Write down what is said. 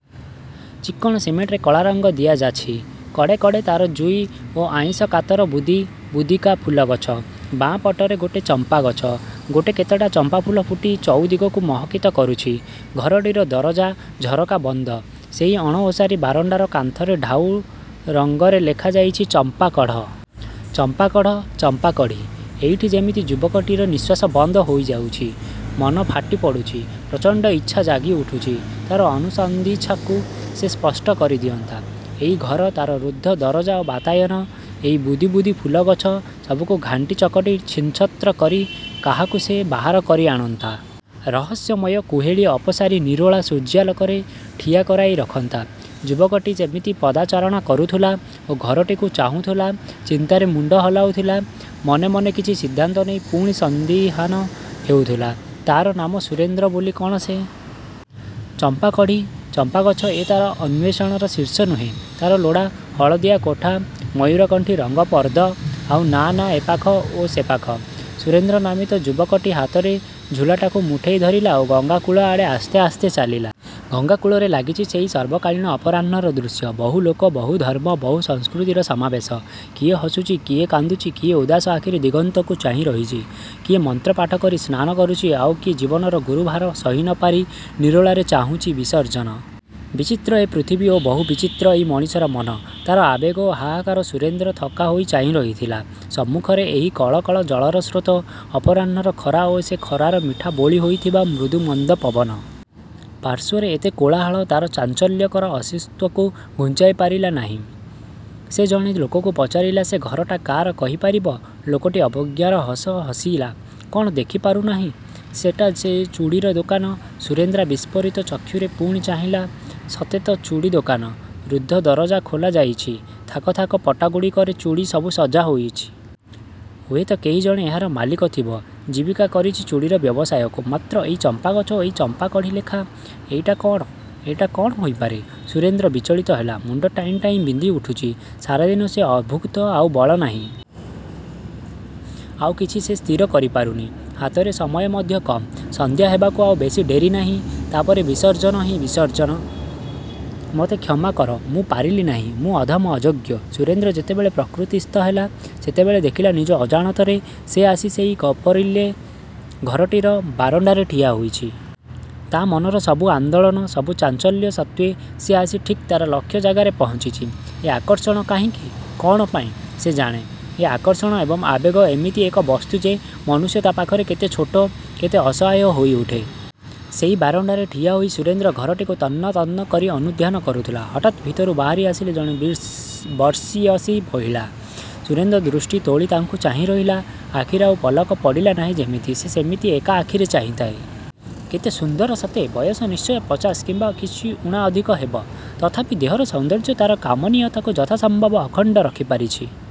ଚିକ୍କଣ ସିମେଣ୍ଟରେ କଳା ରଙ୍ଗ ଦିଆଯାଛି। କଡ଼େ କଡ଼େ ତାର ଯୁଇ ଓ ଆଇଁଷକାତର ବୁଦି, ବୁଦିକା ଫୁଲଗଛ। ବାଁ ପଟରେ ଗୋଟେ ଚମ୍ପା ଗଛ, ଗୋଟା କେତେଟା ଚମ୍ପାଫୁଲ ଫୁଟି ଚଉଦିଗକୁ ମହକିତ କରୁଛି। ଘରଟିର ଦରଜା, ଝରକା ବନ୍ଦ। ସେଇ ଅଣଓସାରି ବାରଣ୍ଡାର କାନ୍ଥରେ ଢାଉ ରଙ୍ଗରେ ଲେଖାଯାଇଛି ଚମ୍ପାକଢ଼ । ଚମ୍ପାକଢ଼, ଚମ୍ପାକଢ଼ି। ଏଇଠି ଯେମିତି ଯୁବକଟିର ନିଃଶ୍ୱାସ ବନ୍ଦ ହୋଇଯାଉଛି, ମନ ଫାଟିପଡ଼ୁଛି। ପ୍ରଚଣ୍ଡ ଇଛା ଜାଗି ଉଠୁଛି, ତାର ଅନୁସନ୍ଧିତ୍ସାକୁ ସେ ସ୍ପଷ୍ଟ କରିଦିଅନ୍ତା। ଏଇ ଘର, ତାର ରୁଦ୍ଧ ଦରଜା ଓ ବାତାୟନ, ଏଇ ବୁଦି ବୁଦି ଫୁଲଗଛ ସବୁକୁ ଘାଣ୍ଟିଚକଟି ଛିନ୍ଛତ୍ର କରି କାହାକୁ ସେ ବାହାର କରି ଆଣନ୍ତା। ରହସ୍ୟମୟ କୁହେଳୀ ଅପସାରି ନିରୋଳା ସୂର୍ଯ୍ୟାଲୋକରେ ଠିଆ କରାଇ ରଖନ୍ତା। ଯୁବକଟି ସେମିତି ପଦଚାରଣା କରୁଥିଲା ଓ ଘରଟିକୁ ଚାହୁଁଥିଲା, ଚିନ୍ତାରେ ମୁଣ୍ଡ ହଲାଉଥିଲା। ମନେ ମନେ କିଛି ସିଦ୍ଧାନ୍ତ ନେଇ ପୁଣି ସନ୍ଦିହାନ ହେଉଥିଲା। ତା ର ନାମ ସୁରେନ୍ଦ୍ର ବୋଲି କଣ ସେ? ଚମ୍ପାକଢ଼ି, ଚମ୍ପା ଗଛ ଏ ତ ତାର ଅନ୍ଵେଷଣର ଶୀର୍ଷ ନୁହେଁ। ତା ର ଲୋଡ଼ା, ହଳଦିଆ କୋଠା, ମୟୂରକଣ୍ଠୀ ରଙ୍ଗ ପର୍ଦ୍ଦ। ଆଉ ନାଁ ନାଁ ଏପାଖ ଓ ସେପାଖ। ସୁରେନ୍ଦ୍ରନାମିତ ଯୁବକଟି ହାତରେ ଝୁଲାଟାକୁ ମୁଠେଇ ଧରିଲା ଓ ଗଙ୍ଗାକୂଳ ଆଡ଼େ ଆସ୍ତେ ଆସ୍ତେ ଚାଲିଲା। ଗଙ୍ଗା କୂଳରେ ଲାଗିଛି ସେହି ସର୍ବକାଳୀନ ଅପରାହ୍ନ ର ଦୃଶ୍ୟ। ବହୁ ଲୋକ, ବହୁ ଧର୍ମ, ବହୁ ସଂସ୍କୃତିର ସମାବେଶ। କିଏ ହସୁଚି, କିଏ କାନ୍ଦୁଚି, କିଏ ଉଦାସ ଆଖିରେ ଦିଗନ୍ତକୁ ଚାହିଁ ରହିଛି, କିଏ ମନ୍ତ୍ର ପାଠ କରି ସ୍ନାନ କରୁଛି। ଆଉ କିଏ ଜୀବନର ଗୁରୁଭାର ସହି ନ ପାରି ନିରୋଳାରେ ଚାହୁଁଛି ବିସର୍ଜ୍ଜନ। ବିଚିତ୍ର ଏ ପୃଥିବୀ ଓ ବହୁ ବିଚିତ୍ର ଏଇ ମଣିଷର ମନ, ତା ର ଆବେଗ ଓ ହାହାକାର। ସୁରେନ୍ଦ୍ର ଥକ୍କା ହୋଇ ଚାହିଁ ରହିଥିଲା ସମ୍ମୁଖରେ ଏହି କଳ କଳ ଜଳର ସ୍ରୋତ, ଅପରାହ୍ନର ଖରା ଓ ସେ ଖରାର ମିଠା ବୋଳି ହୋଇଥିବା ମୃଦୁ ମନ୍ଦ ପବନ। ପାର୍ଶ୍ଵରେ ଏତେ କୋଳାହଳ, ତା ର ଚାଞ୍ଚଲ୍ୟକର ଅସ୍ଵସ୍ତିକୁ ଘୁଞ୍ଚାଇ ପାରିଲା ନାହିଁ। ସେ ଜଣେ ଲୋକକୁ ପଚାରିଲା ସେ ଘରଟା କା ର କହିପାରିବ? ଲୋକଟି ଅବଜ୍ଞାର ହସ ହସିଲା, କଣ ଦେଖିପାରୁନାହିଁ? ସେଟା ଯେ ଚୁଡ଼ିର ଦୋକାନ। ସୁରେନ୍ଦ୍ର ବିସ୍ଫାରିତ ଚକ୍ଷୁରେ ପୁଣି ଚାହିଁଲା ସତେ ତ ଚୁଡ଼ି ଦୋକାନ, ରୁଦ୍ଧ ଦରଜା ଖୋଲା ଯାଇଛି, ଥାକ ଥାକ ପଟାଗୁଡ଼ିକରେ ଚୂଡ଼ି ସବୁ ସଜା ହୋଇ ରହିଛି। ହୁଏତ କେହି ଜଣେ ଏହାର ମାଲିକ ଥିବ, ଜୀବିକା କରିଛି ଚୁଡ଼ିର ବ୍ୟବସାୟକୁ। ମାତ୍ର ଏଇ ଚମ୍ପା ଗଛ ଓ ଏହି ଚମ୍ପା କଢ଼ି ଲେଖା, ଏଇଟା କଣ? ଏଇଟା କଣ ହୋଇପାରେ? ସୁରେନ୍ଦ୍ର ବିଚଳିତ ହେଲା, ମୁଣ୍ଡ ଟାଇଁ ଟାଇଁ ବିନ୍ଧି ଉଠୁଛି। ସାରାଦିନ ସେ ଅଭୁକ୍ତ ଆଉ ବଳ ନାହିଁ। ଆଉ କିଛି ସେ ସ୍ଥିର କରି ପାରୁନି। ହାତରେ ସମୟ ମଧ୍ୟ କମ୍, ସନ୍ଧ୍ୟା ହେବାକୁ ଆଉ ବେଶୀ ଡେରିନାହିଁ। ତାପରେ ବିସର୍ଜନ ହଁ, ବିସର୍ଜନ। ମତେ କ୍ଷମା କର ମୁଁ ପାରିଲି ନାହିଁ, ମୁଁ ଅଧମ, ଅଯୋଗ୍ୟ। ସୁରେନ୍ଦ୍ର ଯେତେବେଳେ ପ୍ରକୃତିସ୍ଥ ହେଲା, ସେତେବେଳେ ଦେଖିଲା ନିଜ ଅଜାଣତରେ ସେ ଆସି ସେଇ ଖପରିଲେ ଘରଟିର ବାରଣ୍ଡାରେ ଠିଆ ହୋଇଛି। ତା ମନର ସବୁ ଆନ୍ଦୋଳନ, ସବୁ ଚାଞ୍ଚଲ୍ୟ ସତ୍ତ୍ୱେ ସେ ଆସି ଠିକ୍ ତାର ଲକ୍ଷ୍ୟ ଜାଗାରେ ପହଞ୍ଚିଛି। ଏ ଆକର୍ଷଣ କାହିଁକି, କଣ ପାଇଁ, ସେ ଜାଣେ। ଏ ଆକର୍ଷଣ ଏବଂ ଆବେଗ ଏମିତି ଏକ ବସ୍ତୁ ଯେ ମନୁଷ୍ୟ ତା ପାଖରେ କେତେ ଛୋଟ, କେତେ ଅସହାୟ ହୋଇ ଉଠେ। ସେଇ ବାରଣ୍ଡାରେ ଠିଆ ହୋଇ ସୁରେନ୍ଦ୍ର ଘରଟିକୁ ତନ୍ନ ତନ୍ନ କରି ଅନୁଧ୍ୟାନ କରୁଥିଲା । ହଠାତ୍ ଭିତରୁ ବାହାରି ଆସିଲେ ଜଣେ ବର୍ଷିୟସୀ ମହିଳା। ସୁରେନ୍ଦ୍ର ଦୃଷ୍ଟି ତୋଳି ତାଙ୍କୁ ଚାହିଁ ରହିଲା, ଆଖିରେ ଆଉ ପଲକ ପଡ଼ିଲା ନାହିଁ ଯେମିତି ସେ ସେମିତି ଏକା ଆଖିରେ ଚାହିଁଥାଏ। କେତେ ସୁନ୍ଦର ସତେ, ବୟସ ନିଶ୍ଚୟ ପଚାଶ କିମ୍ବା କିଛି ଉଣା ଅଧିକ ହେବ। ତଥାପି ଦେହର ସୌନ୍ଦର୍ଯ୍ୟ ତାର କମନୀୟତାକୁ ଯଥାସମ୍ଭବ ଅଖଣ୍ଡ ରଖିପାରିଛି।